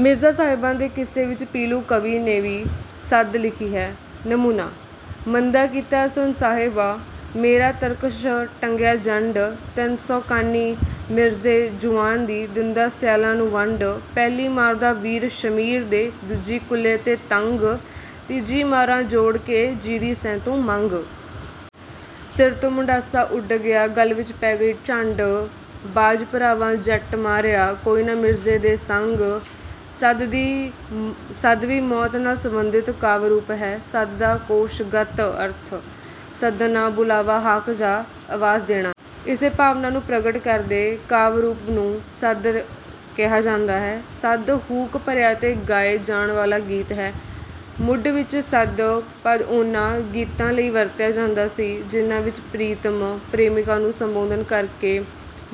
ਮਿਰਜ਼ਾ ਸਾਹਿਬਾਂ ਦੇ ਕਿੱਸੇ ਵਿੱਚ ਪੀਲੂ ਕਵੀ ਨੇ ਵੀ ਸੱਦ ਲਿਖੀ ਹੈ। ਨਮੂਨਾ: ਮੰਦਾ ਕੀਤਾ ਸੁਣ ਸਾਹਿਬਾਂ ਮੇਰਾ ਤਰਕਸ਼ ਟੰਗਿਆ ਜੰਡ। ਤਿੰਨ ਸੌ ਕਾਨੀ ਮਿਰਜ਼ੇ ਜੁਆਨ ਦੀ ਦਿੰਦਾ ਸਿਆਲਾਂ ਨੂੰ ਵੰਡ। ਪਹਿਲੀ ਮਾਰਦਾ ਵੀਰ ਸ਼ਮੀਰ ਦੇ, ਦੂਜੀ ਕੁੱਲੇ ਦੇ ਤੰਗ, ਤੀਜੀ ਮਾਰਾਂ ਜੋੜ ਕੇ ਜਿਹਦੀ ਸੈਂ ਤੂੰ ਮੰਗ। ਸਿਰ ਤੋਂ ਮੁੰਡਾਸਾ ਉੱਡ ਗਿਆ, ਗਲ ਵਿੱਚ ਪੈ ਗਈ ਝੰਡ, ਬਾਝ ਭਰਾਵਾਂ ਜੱਟ ਮਾਰਿਆ ਕੋਈ ਨਾ ਮਿਰਜ਼ੇ ਦੇ ਸੰਗ। ਸੱਦ ਵੀ ਮੌਤ ਨਾਲ਼ ਸੰਬੰਧਿਤ ਕਾਵਿ ਰੂਪ ਹੈ। ਸੱਦ ਦਾ ਕੋਸ਼ ਗਤ ਅਰਥ ਸੱਦਣਾ ਬੁਲਾਵਾ ਹਾਕ ਜਾਂ ਆਵਾਜ਼ ਦੇਣਾ ਹੈ। ਇਸੇ ਭਾਵਨਾ ਨੂੰ ਪ੍ਰਗਟ ਕਰਦੇ ਕਾਵਿ ਰੂਪ ਨੂੰ ਸੱਦ ਕਿਹਾ ਜਾਂਦਾ ਹੈ। ਸੱਦ ਹੂਕ ਭਰਿਆ ਤੇ ਗਾਏ ਜਾਣ ਵਾਲ਼ਾ ਗੀਤ ਹੈ। ਮੁੱਢ ਵਿੱਚ ਸੱਦ ਪਦ ਉਨ੍ਹਾਂ ਗੀਤਾਂ ਲਈ ਵਰਤਿਆ ਜਾਂਦਾ ਸੀ ਜਿਨ੍ਹਾਂ ਵਿੱਚ ਪ੍ਰੀਤਮ ਪ੍ਰੇਮਿਕਾ ਨੂੰ ਸੰਬੋਧਨ ਕਰ ਕੇ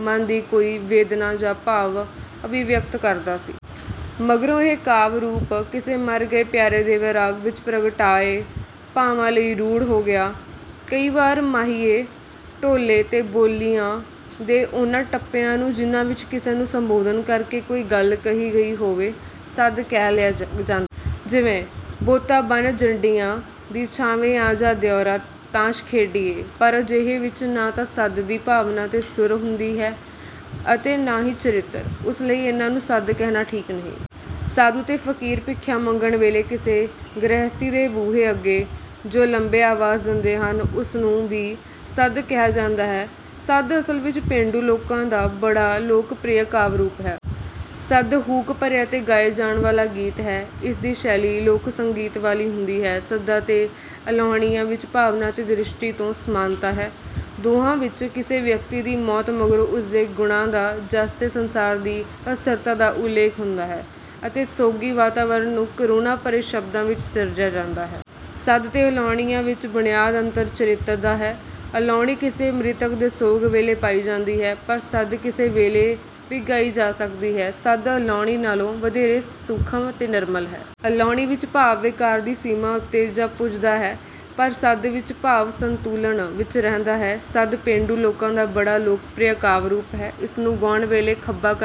ਮਨ ਦੀ ਕੋਈ ਵੇਦਨਾ ਜਾਂ ਭਾਵ ਅਭਿਵਿਅਕਤ ਕਰਦਾ ਸੀ। ਮਗਰੋਂ ਇਹ ਕਾਵਿ ਰੂਪ ਕਿਸੇ ਮਰ ਗਏ ਪਿਆਰੇ ਦੇ ਵੈਰਾਗ ਵਿੱਚ ਪ੍ਰਗਟਾਏ ਭਾਵਾਂ ਲਈ ਰੂੜ੍ਹ ਹੋ ਗਿਆ। ਕਈ ਵਾਰ ਮਾਹੀਏ ਢੋਲੇ ਤੇ ਬੋਲੀਆਂ ਦੇ ਉਨ੍ਹਾਂ ਟੱਪਿਆਂ ਨੂੰ ਜਿਨ੍ਹਾਂ ਵਿੱਚ ਕਿਸੇ ਨੂੰ ਸੰਬੋਧਨ ਕਰ ਕੇ ਕੋਈ ਗੱਲ ਕਹੀ ਗਈ ਹੋਵੇ ਸੱਦ ਕਹਿ ਲਿਆ ਜਾਂਦਾ ਹੈ। ਜਿਵੇਂ: ਬੋਤਾ ਬੰਨ੍ਹ ਜੰਡੀਆਂ ਦੀ ਛਾਵੇਂ ਆ ਜਾ ਦਿਉਰਾ ਤਾਸ਼ ਖੇਡੀਏ। ਪਰ ਅਜਿਹੇ ਵਿੱਚ ਨਾਂ ਤਾਂ ਸੱਦ ਦੀ ਭਾਵਨਾ ਤੇ ਸੁਰ ਹੁੰਦੀ ਹੈ ਅਤੇ ਨਾ ਹੀ ਚਰਿੱਤਰ। ਉਸ ਲਈ ਇਨ੍ਹਾਂ ਨੂੰ ਸੱਦ ਕਹਿਣਾ ਠੀਕ ਨਹੀਂ। ਸਾਧੂ ਤੇ ਫ਼ਕੀਰ ਭਿੱਖਿਆ ਮੰਗਣ ਵੇਲ਼ੇ ਕਿਸੇ ਗ੍ਰਹਿਸਤੀ ਦੇ ਬੂਹੇ ਅੱਗੇ ਜੋ ਲੰਬੀ ਆਵਾਜ਼ ਦਿੰਦੇ ਹਨ ਉਸ ਨੂੰ ਵੀ ਸੱਦ ਕਿਹਾ ਜਾਂਦਾ ਹੈ। ਸੱਦ ਅਸਲ ਵਿੱਚ ਪੇਂਡੂ ਲੋਕਾਂ ਦਾ ਬੜਾ ਲੋਕਪ੍ਰਿਆ ਕਾਵਿ ਰੂਪ ਹੈ। ਸੱਦ ਹੂਕ ਭਰਿਆ ਤੇ ਗਾਏ ਜਾਣ ਵਾਲ਼ਾ ਗੀਤ ਹੈ। ਇਸ ਦੀ ਸ਼ੈਲੀ ਲੋਕ ਸੰਗੀਤ ਵਾਲ਼ੀ ਹੁੰਦੀ ਹੈ। ਸੱਦਾਂ ਤੇ ਅਲਾਹੁਣੀਆਂ ਵਿੱਚ ਭਾਵਨਾ ਤੇ ਦ੍ਰਿਸ਼ਟੀ ਤੋਂ ਸਮਾਨਤਾ ਹੈ। ਦੋਹਾਂ ਵਿੱਚ ਕਿਸੇ ਵਿਅਕਤੀ ਦੀ ਮੌਤ ਮਗਰੋਂ ਉਸ ਦੇ ਗੁਣਾਂ ਦਾ ਜੱਸ ਤੇ ਸੰਸਾਰ ਦੀ ਅਸਥਿਰਤਾ ਦਾ ਉੱਲੇਖ ਹੁੰਦਾ ਹੈ ਅਤੇ ਸੋਗੀ ਵਾਤਾਵਰਨ ਨੂੰ ਕਰੁਣਾ ਭਰੇ ਸ਼ਬਦਾਂ ਵਿੱਚ ਸਿਰਜਿਆ ਜਾਂਦਾ ਹੈ। ਸੱਦ ਤੇ ਅਲਾਹੁਣੀਆਂ ਵਿੱਚ ਬੁਨਿਆਦੀ ਅੰਤਰ ਚਰਿੱਤਰ ਦਾ ਹੈ। ਅਲਾਹੁਣੀ ਕਿਸੇ ਮ੍ਰਿਤਕ ਦੇ ਸੋਗ ਵੇਲ਼ੇ ਪਾਈ ਜਾਂਦੀ ਹੈ ਪਰ ਸੱਦ ਕਿਸੇ ਵੇਲ਼ੇ ਵੀ ਗਾਈ ਜਾ ਸਕਦੀ ਹੈ। ਸੱਦ ਅਲਾਹੁਣੀ ਨਾਲ਼ੋਂ ਵਧੇਰੇ ਸੂਖਮ ਤੇ ਨਿਰਮਲ ਹੈ। ਅਲਾਹੁਣੀ ਵਿੱਚ ਭਾਵ ਵਿਕਾਰ ਦੀ ਸੀਮਾ ਉੱਤੇ ਜਾ ਪੁੱਜਦਾ ਹੈ ਪਰ ਸੱਦ ਵਿੱਚ ਭਾਵ ਸੰਤੁਲਨ ਵਿੱਚ ਰਹਿੰਦਾ ਹੈ। ਸੱਦ ਪੇਂਡੂ ਲੋਕਾਂ ਦਾ ਬੜਾ ਲੋਕਪ੍ਰਿਆ ਕਾਵਿ ਰੂਪ ਹੈ। ਇਸ ਨੂੰ ਗਾਉਣ ਵੇਲ਼ੇ ਖੱਬਾ ਕੰਨ